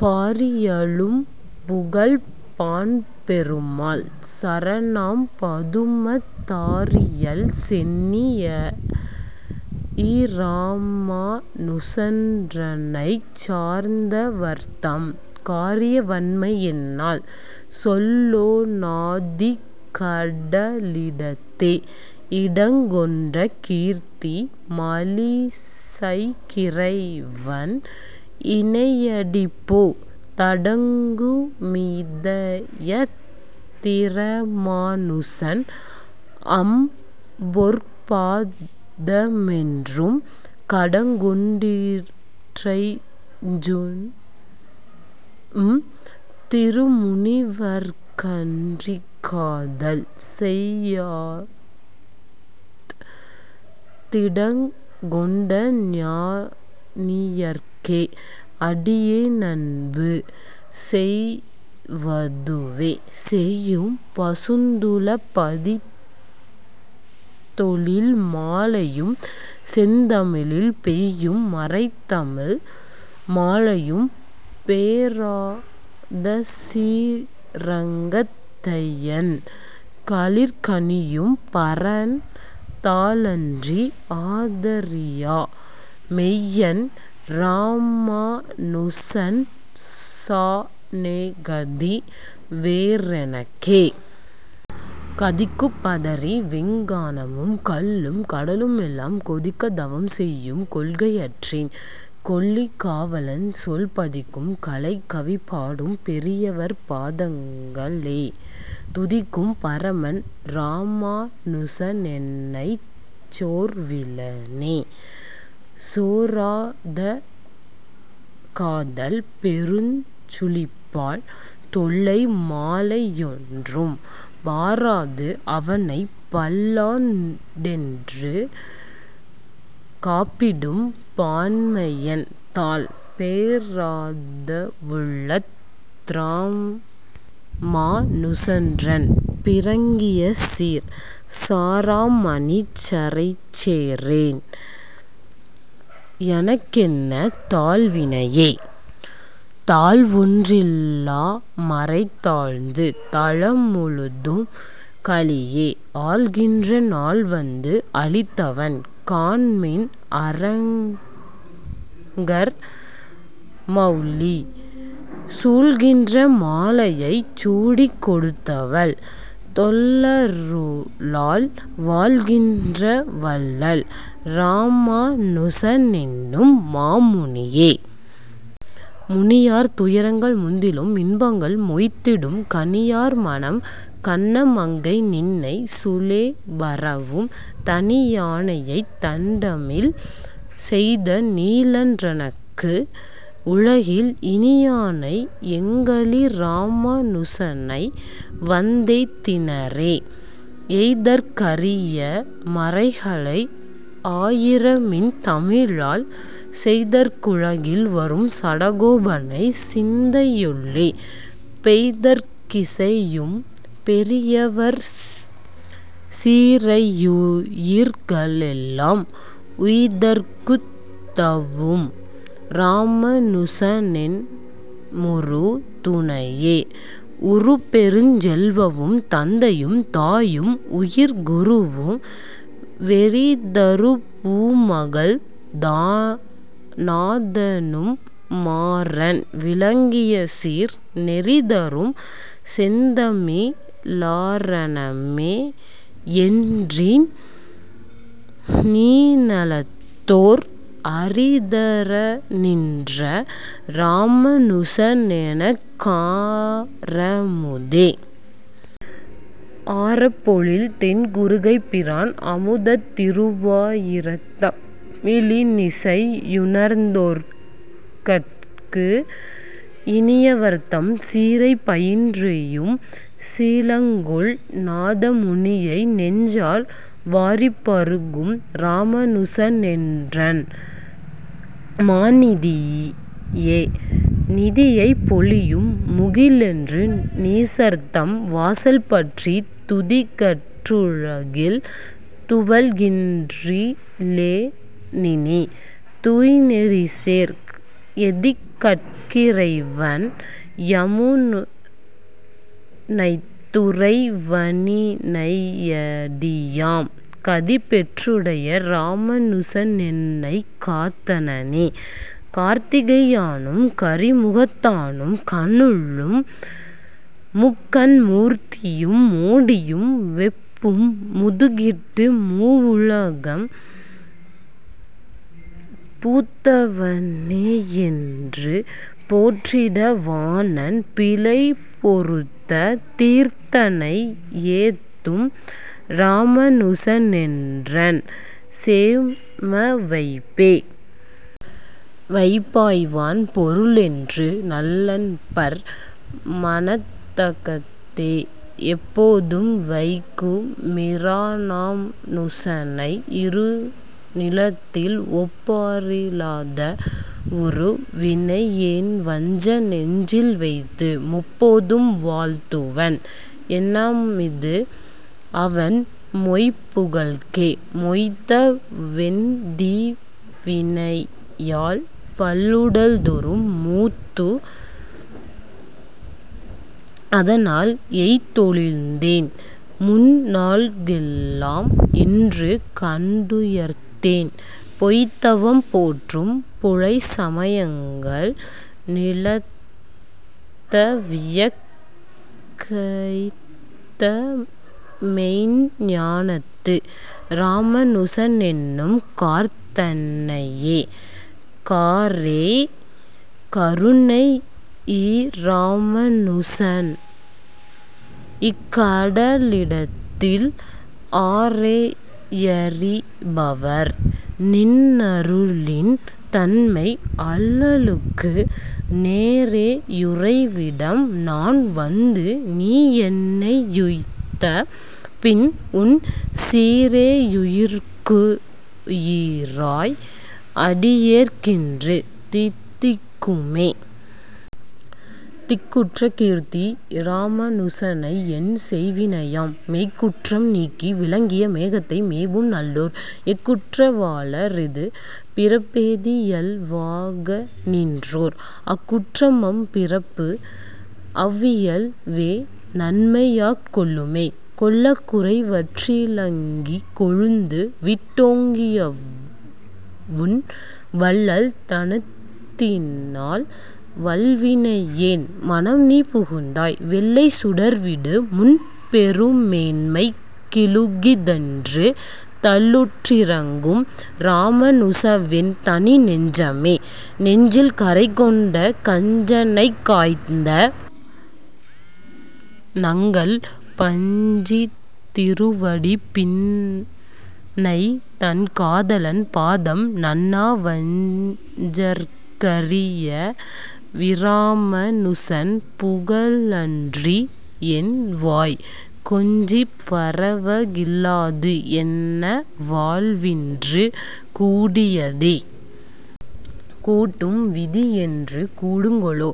பாரியலும்புகழ்ப் பாண்பெருமாள் சரணாம்பதுமத் தாரியல் சென்னி யிராமாநுசன்றன்னைச் சார்ந்தவர்தம் காரியவண்மை என்னால் சொல்லொணாதிக்கடலிடத்தே.. இடங்கொண்ட கீர்த்தி மழிசைக்கிறைவன் இணையடிப்போ தடங்குமிதயத் திராமாநுசன் அம்பொற்பாதமென்றும் கடங்கொண்டிறைஞ்சும் திருமுனிவர்க்கன்றிக்காதல் செய்யாத் திடங்கொண்டஞானியர்க்கே அடியேனன்பு செய்வதுவே.. செய்யும் பசுந்துளபத்தொழில்மாலையும் செந்தமிழில் பெய்யும் மறைத்தமிழ் மாலையும் பேராதசீரங்கத் தையன் கழற்கணியும் பரன் தாளன்றி ஆதரியா மெய்யன் இராமாநுசன்சாணேகதி வேறெனக்கே.. கதிக்குப்பதறி வெங்கானமும் கல்லும் கடலுமெல்லாம் கொதிக்கத் தவம் செய்யும் கொள்கையற்றேன் கொல்லிகாவலன் சொல் பதிக்கும் கலைக்கவிபாடும் பெரியவர்பாதங்களே துதிக்கும் பரமன் இராமாநுசனென்னைச் சோர்விலனே.. சோராதகாதல் பெருஞ்சுழிப்பால் தொல்லைமாலையொன்றும் பாராது அவனைப்பல்லாண்டென்று காப்பிடும் பான்மையன் தாள் பேராதவுள்ளத் திராமாநுசன்றன் பிறங்கியசீர் சாராமனிசரைச்சேரேன் எனக்கென்ன தாழ்வினியே.. தாழ்வொன்றில்லாமறைதாழ்ந்து தலமுழுதும்கலியே ஆள்கின்ற நாள் வந்து அளித்தவன் காண்மின் அரங்கர்மௌலி சூழ்கின்றமாலையைச் சூடிக்கொடுத்தவள் தொல்லருளால் வாழ்கின்றவள்ளல் இராமா னுசனென்னும் மாமுனியே.. முனியார் துயரங்கள் முந்திலும் இன்பங்கள் மொய்த்திடினும் கனியார்மனம் கண்ணமங்கைநின்னை சுலேபரவும் தனியானையைத்தண்டமிழ் செய்த நீலன் றனக்கு உலகில் இனியானை எங்களிராமாநுசனை வந்தெய்தினரே.. எய்தற்கரிய மறைகளை ஆயிரமின் தமிழால் செய்தற்குலகில் வரும் சடகோபனை சிந்தையுள்ளே பெய்தற்கிசையும் பெரியவர்சீரையுயிர்களெல்லாம் உய்தற்குதவும் இராமாநுசனெம்முறு துணையே.. உறுபெருஞ்செல்வமும் தந்தையும் தாயும் உயர்குருவும் வெறிதருபூமகள் நாதனும் மாறன் விளங்கியசீர் நெறிதரும் செந்தமி ழாரணமேயென்றிந்நீணிலத்தோர் அறிதரநின்ற இராமாநுசனெனக்காரமுதே.. ஆரப்பொழில் தென்குருகைப்பிரான் அமுதத்திருவா யீரத்தமிழி னிசையுணர்ந்தோர்கட்கு இனியவர்தம் சீரைப்பயின்றுய்யும் சீலங்கொள் நாதமுனியை நெஞ்சால் வாரிப்பருகும் இராமாநுசனென்றன் மாநிதியே.. நிதியைப் பொழியும் முகிலென்று நீசர்தம் வாசல்பற்றித் துதிகற்றுலகில் துவள்கின்றிலேனினி தூய்நெறிசேர் எதிகட்கிறைவன் யமுனைத்துறைவனிணையடியாம் கதிபெற்றுடைய இராமா னுசனென்னைக்காத்தனனே.. கார்த்திகையானும் கரிமுகத்தானும் கனலும் முக்கண் மூர்த்தியும் மோடியும் வெப்பும் முதுகிட்டு மூவுலகும் பூத்தவனேயென்று போற்றிட வாணன் பிழை பொறுத்த தீர்த்தனை யேத்தும் இராமாநுசனென்றன் சேமவைப்பே.. வைப்பாய்வான் பொருளென்று நல்லன்பர் மனத்தகத்தே எப்போதும் வைக்கு மிராமாநுசனை இருநிலத்தில் ஒப்பாரிலாத வுறுவினையேன்வஞ்சநெஞ்சில்வைத்து முப்போதும் வாழ்த்துவன் என்னாமிது அவன் மொய்புகழ்க்கே.. மொய்த்த வெந்தீவினையால் பல்லுடல்தொறும் மூத்து அதனால் எய்த்தொழிந்தேன் முன்நாள்களெல்லாம் இன்று கண்டுயர்ந்தேன் பொய்த்தவம் போற்றும் புலைச்சமயங்கள் நிலத்தவியக் கைத்தமெய்ஞ்ஞானத்து இராமாநுசனென்னும் கார்தன்னையே.. காரேய் கருணையிராமாநுச இக்கடலிடத்தில் ஆரேயறிபவர் நின்னருளின் தன்மை அல்லலுக்கு நேரேயுறைவிடம் நான் வந்து நீயென்னையுய்த்த பின் உன் சீரேயுயிர்க்குயிராய் அடியேற்கின்று தித்திக்குமே.. திக்குற்றகீர்த்தி யிராமாநுசனை என் செய்வினையாம் மெய்க்குற்றம் நீக்கி விளங்கிய மேகத்தை மேவும் நல்லோர் எக்குற்றவாள ரெது பிறப்பேதியல்வாகநின்றோர் அக்குற்றமப்பிறப்பு அவ்வியல் வேநம்மையாட்கொள்ளுமே.. கொள்ளக்குறைவற்றிலங்கிகொழுந்துவிட் டோங்கியவுன் வள்ளல் தனத்தினால் வல்வினையேன் மனம் நீ புகுந்தாய் வெள்ளைச்சுடர்விடு முன்பெருமேன்மைக்கிழுக்கிதென்று தள்ளுற்றிரங்கும் இராமாநுசவென் தனிநெஞ்சமே.. நெஞ்சில்கறை கொண்ட கஞ்சனைக்காய்ந்த நிமலன் நங்கள் பஞ்சித்திருவடிப் பின்னை தன் காதலன் பாதம் நண்ணா வஞ்சர்க்கரியவிராமா னுசன் புகழன்றியென்வாய் கொஞ்சிப்பரவகில்லாது என்ன வாழ்வின்று கூடியதே.. கூட்டும் விதியென்று கூடுங்கொலோ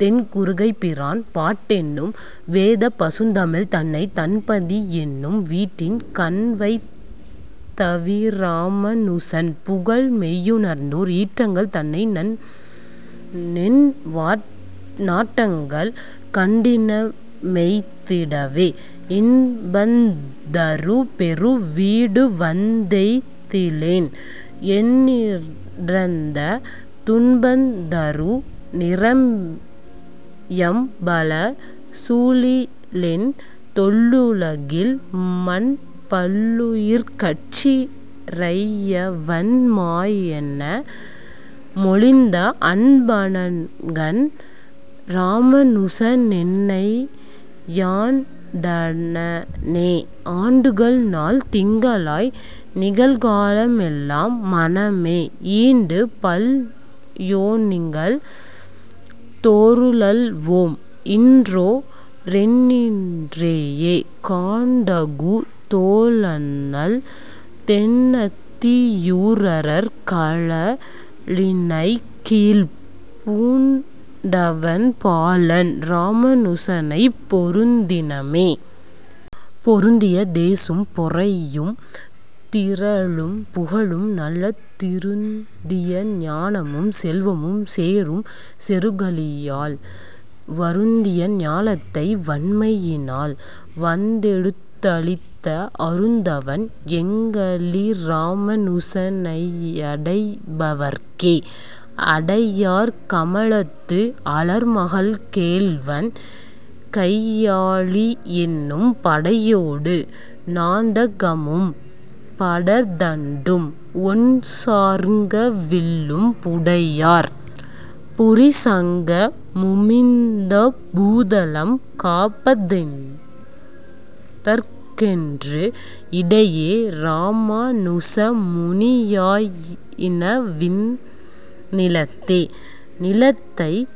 தென்குருகைப்பிரான் பாட்டென்னும் வேதப்பசுந்தமிழ் தன்னை தன்பத்தியென்னும் வீட்டின் கண்வைத்தவிராமா னுசன் புகழ்மெய்யுணர்ந்தோர் ஈட்டங்கள் தன்னை என் நாட்டங்கள் கண்டின்பமெய்திடவே.. இன்பந்தருபெருவீடுவந்தெய்திலென் எண்ணிறந்த துன்பந்தரு நிரயம்பல சூழிலென் தொல்லுலகில் மன்பல்லுயிர்கட்கிறையவன்மாயனெனமொழிந்த அன்பனனகன் இராமாநுசனென்னையாண்டனனே.. ஆண்டுகள் நாள் திங்களாய் நிகழ்காலமெல்லாம் மனமே ஈண்டு பல்யோனிகள் தோறுழல்வோம் இன்றோரெண்ணின்றியே காண்டகுதோளண்ணல் தென்னத்தியூரர்கழலிணைக்கீழ்ப் பூண்டவன்பாளன் இராமாநுசனைப் பொருந்தினமே.. பொருந்திய தேசும் பொறையும் திறலும் புகழும் நல்ல திருந்தியஞானமும் செல்வமும் சேரும் செறுகலியால் வருந்தியஞாலத்தை வண்மையினால் வந்தெடுத்தளித்த அருந்தவன் எங்களிராமாநுசனையடைபவர்க்கே.. அடையார் கமலத்து அலர்மகள் கேள்வன் கையாழியென்னும் படையோடு நாந்தகமும்படர்தண்டும் ஒண்சார்ங்கவில்லும் புடையார் புரிசங்கமுமிந்தப்பூதலம் காப்பதற்கென்று இடையே இராமாநுசமுனியாயினவிந்நிலத்தே.. நிலத்தைச்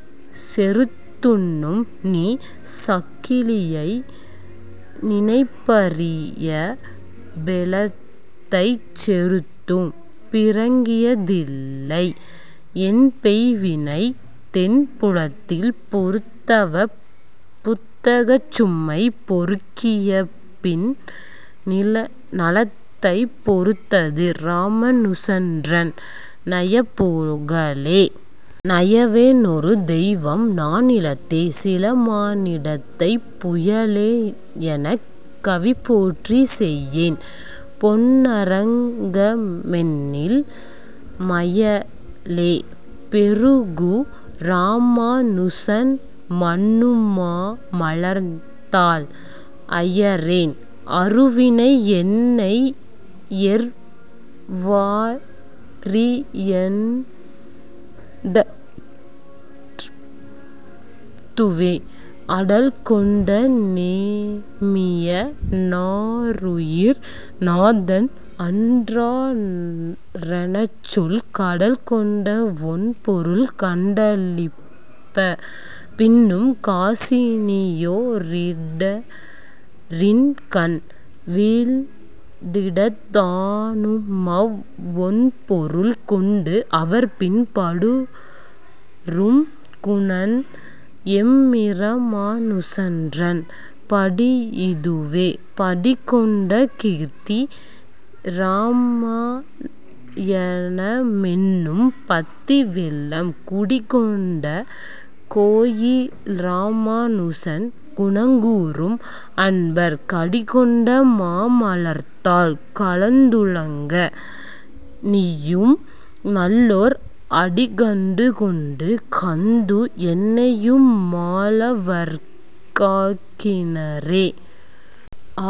செறுத்துண்ணும் நீ சக்கலியை நினைப்பரிய பெலத்தைச் செறுத்தும் பிறங்கியதில்லை என்பெய்வினை தென் புலத்தில் பொறித்தவப் புத்தகச்சும்மைபொறுக்கியபின் நலத்தைப் பொறுத்தது இராமாநுசன்றன் நயப்புகழே.. நயவேனொரு தெய்வம் நானிலத்தே சிலமானிடத்தைப் புயலேயெனக் கவிபோற்றி செய்யேன் பொன்னரங்கமென்னில் மயலே பெருகு மிராமாநுசன்மன்னுமாமலர்த்தாள் அயரேன் அருவினையென்னையெவ்வாறின்றடர்ப்பதுவே.. அடல் கொண்டநேமிய னாருயிர் நாதன் அன்றாரணச்சொல் கடல் கொண்டவொண்பொருள் கண்டளிப்ப பின்னும் காசினியோ ரிடரின்கண் வீழ்ந்திடத் தானுமவ்வொண்பொருள் கொண்டு அவர்பின் படரும்குணன் எம்மிராமாநுசன்றன் படியிதுவே.. படி கொண்ட கீர்த்தி யிராமாயணமென்னும்பத்திவெள்ளம் குடிகொண்ட கோயிலிராமாநுசன் குணங்கூறும் அன்பர் கடிகொண்டமாமலர்த்தாள்கலந்துள்ளங்கனியும் நல்லோர் அடிகண்டுகொண்டு கந்து என்னையுமாளவர்க்காக்கினரே..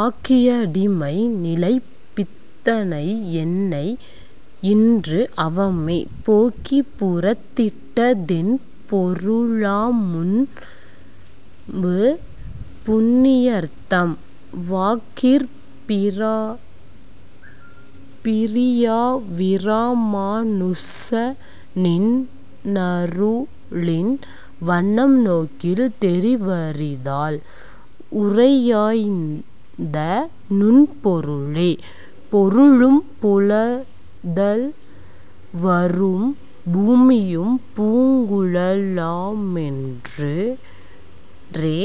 ஆக்கியடிமைநிலைப்பித்தனையென்னையின்று அவமே போக்கிப்புறத்திட்டதென்பொருளாமுன்பு புண்ணியர்தம் வாக்கிற்பிரியாவிராமாநுசநின் னருளின் வண்ணம் நோக்கில் தெரிவரிதால் உரையாயிந்த நுண்பொருளே.. பொருளும்புதல் வரும் பூமியும் பூங்குழலாருமென்றே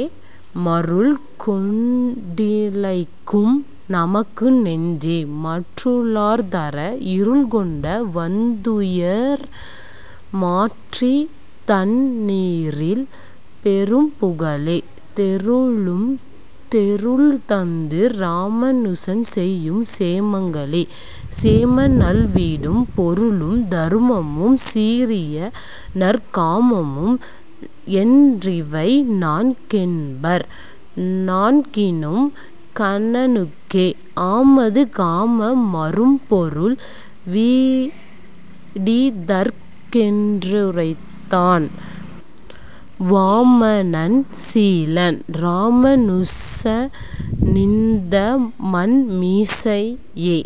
மருள் கொண்டிளைக்கும் நமக்கு நெஞ்சே மற்றுளார்தர இருள்கொண்ட வெந்துயர்மாற்றித்தன்னீறில் பெரும்புகழே தெருளும் தெருள் தந்து இராமாநுசன் செய்யும் சேமங்களே.. சேமநல்வீடும் பொருளும் தருமமும் சீரிய நற் காமமும் என்றிவை நான் கென்பர் நான்கினும் கண்ணனுக்கே ஆமது காம மறம்பொருள் வீடிதற்கென்றுரைத்தான் வாமனன் சீலன் இராமாநுசனிந்தமண்மிசையே.